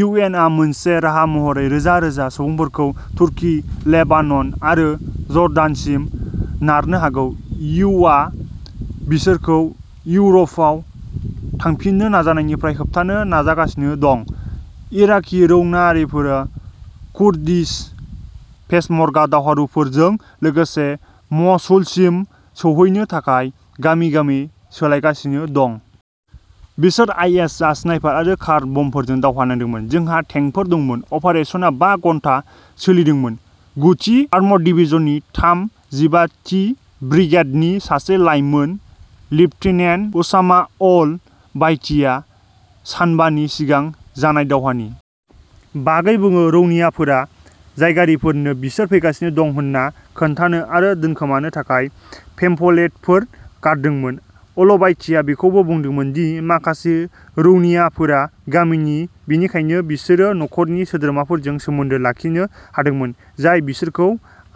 U N आ मोनसे राहा महरै रोजा रोजा सुबुंफोरखौ तुर्की लेबानन आरो जर्डानसिम नारनो हागौ इउ आ बिसोरखौ इउर'पआव थांफिननो नाजानायनिफ्राय होबथानो नाजागासिनो दं। इराकी रौनियाफोरा कुर्दिश पेशमर्गा दावहारुफोरजों लोगोसे मसुलसिम सौहैनो थाखाय गामि गामि सोलायगासिनो दं। बिसोर आइएस आ स्नाइपार आरो कार बमफोरजों दावहा नांदोंमोन जोंहा टेंकफोर दंमोन अपारेसनआ बा घन्टाल'सोलिदोंमोन गु थि आर्मर्ड डिभिजननि थाम जिबा थि ब्रिगेडनि सासे लाइमोन लेफ्टिनेन्ट उसामा अल बायतीआ सानबानि सिगां जानाय दावहानि बागै बुङो रौनियाफोरा जायगायारिफोरनो बिसोर फैगासिनो दं होन्ना खोन्थानो आरो दोनखोमानो थाखाय पेम्फलेटफोर गारदोंमोन अल बायतीआ बेखौबो बुंदोंमोन दि माखासे रौनियाफोरा गामिनि बेनिखायनो बिसोरो नखरनि सोद्रोमाफोरजों सोमोन्दो लाखिनो हादोंमोन जाय बिसोरखौ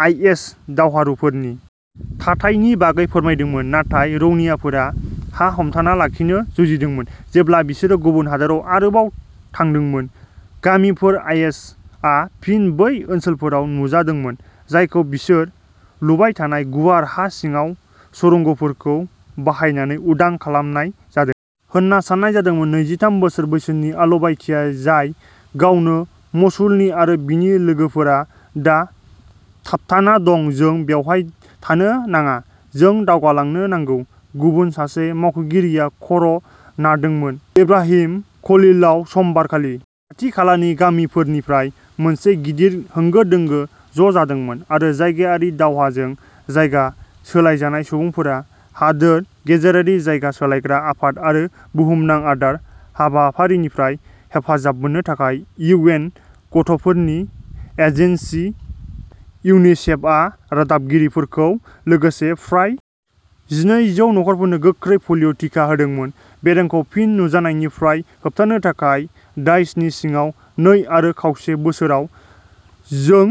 आइएस दावहारुफोरनि थाथायनि बागै फोरमायदोंमोन नाथाय रौनियाफोरा हा हमथाना लाखिनो जुजिदोंमोन जेब्ला बिसोरो गुबुन हादोराव आरोबाव थांदोंमोन गामिफोर आइएसआ फिन बै ओनसोलफोराव नुजादोंमोन जायखौ बिसोर लुबाय थानाय गुवार हा सिङाव सुरंगफोरखौ बाहायनानै उदां खालामनाय जादों होनना साननाय जादोंमोन नै जिथाम बोसोर बैसोनि आल बायती जाय गावनो मसुलनि आरो बिनि लोगोफोरा दा थाबथाना दं जों बेवहाय थानो नाङा जों दावगालांनो नांगौ गुबुन सासे मावख'गिरिआ खर'नारदोंमोन इब्राहिम खलीलआव समबार खालि खाथिखालानि गामिफोरनिफ्राय मोनसे गिदिर होंगो दोंगो ज'जादोंमोन आरो जायगायारि दावहाजों जायगा सोलायजानाय सुबुंफोरा हादोर गेजेरारि जायगा सोलायग्रा आफाद आरो बुहुमनां आदार हाबाफारिनिफ्राय हेफाजाब मोननो थाखाय इउ एन गथ'फोरनि एजेन्सि इउनिसेफआ रादाबगिरिफोरजों लोगोसे प्राय जिनै जौ नखरफोरनो गोख्रै पलिय टिका होदोंमोन बेरामखौ फिन नुजानायनिफ्राय होबथानो थाखाय दाइशनि सिङाव नै आरो खावसे बोसोराव जों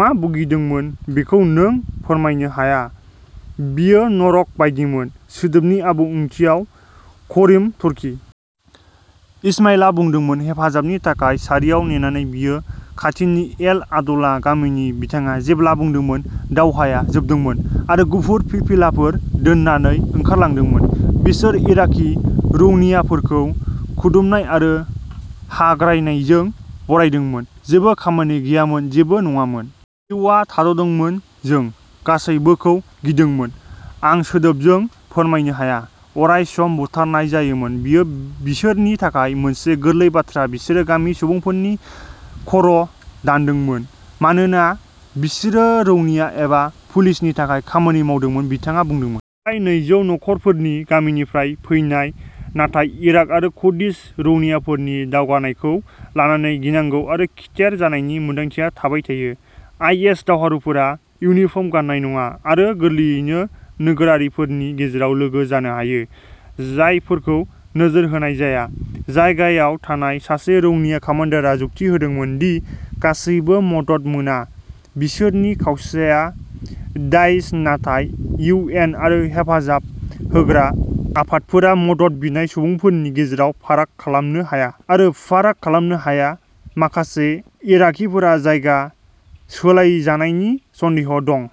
मा भुगिदोंमोन बेखौ नों फोरमायनो हाया बेयो नरक बायदिमोन सोदोबनि आबुं ओंथियाव करिम तुर्कि इसमाइलआ बुंदोंमोन हेफाजाबनि थाखाय सारियाव नेनानै बियो खाथिनि एल आदला गामिनि बिथाङा जेब्ला बुंदोंमोन दावहाया जोबदोंमोन आरो गुफुर फिरफिलाफोर दोननानै ओंखारलांदोंमोन बिसोरो इराकी रौनियाफोरखौ खुदुमनाय आरो हाग्रायनायजों बरायदोंमोन जेबो खामानि गैयामोन जेबो नङामोन जिउआ थाद'दोंमोन जों गासैबोखौ गिदोंमोन आं सोदोबजों फोरमायनो हाया अराय सम बुथारनाय जायोमोन बेयो बिसोरनि थाखाय मोनसे गोरलै बाथ्रा बिसोरो गामिनि सुबुंफोरनि खर'दानदोंमोन मानोना बिसोरो रौनिया एबा पुलिसनि थाखाय खामानि मावदोंमोन बिथाङा बुंदोंमोन फ्राय नैजौ नखरफोरनि गामिनिफ्राय फैनाय नाथाय इराक आरो कुर्दिश रौनियाफोरनि दावगानायखौ लानानै गिनांगौ आरो खिथेर जानायनि मोन्दांथिया थाबाय थायो आइएस दावहारुफोरा इउनिफर्म गान्नाय नङा आरो गोरलैयैनो नोगोरारिफोरनि गेजेराव लोगो जानो हायो जायफोरखौ नोजोर होनाय जाया जायगायाव थानाय सासे रौनिया कामान्डारा जुक्ति होदोंमोन दि गासैबो मदद मोना बिसोरनि खावसेया दाइश नाथाय इउ एन आरो हेफाजाब होग्रा आफादफोरा मदद बिनाय सुबुंफोरनि गेजेराव फाराग खालामनो हाया आरो फाराग खालामनो हाया माखासे इराकीफोरा जायगा सोलायजानायनि सन्देह दं।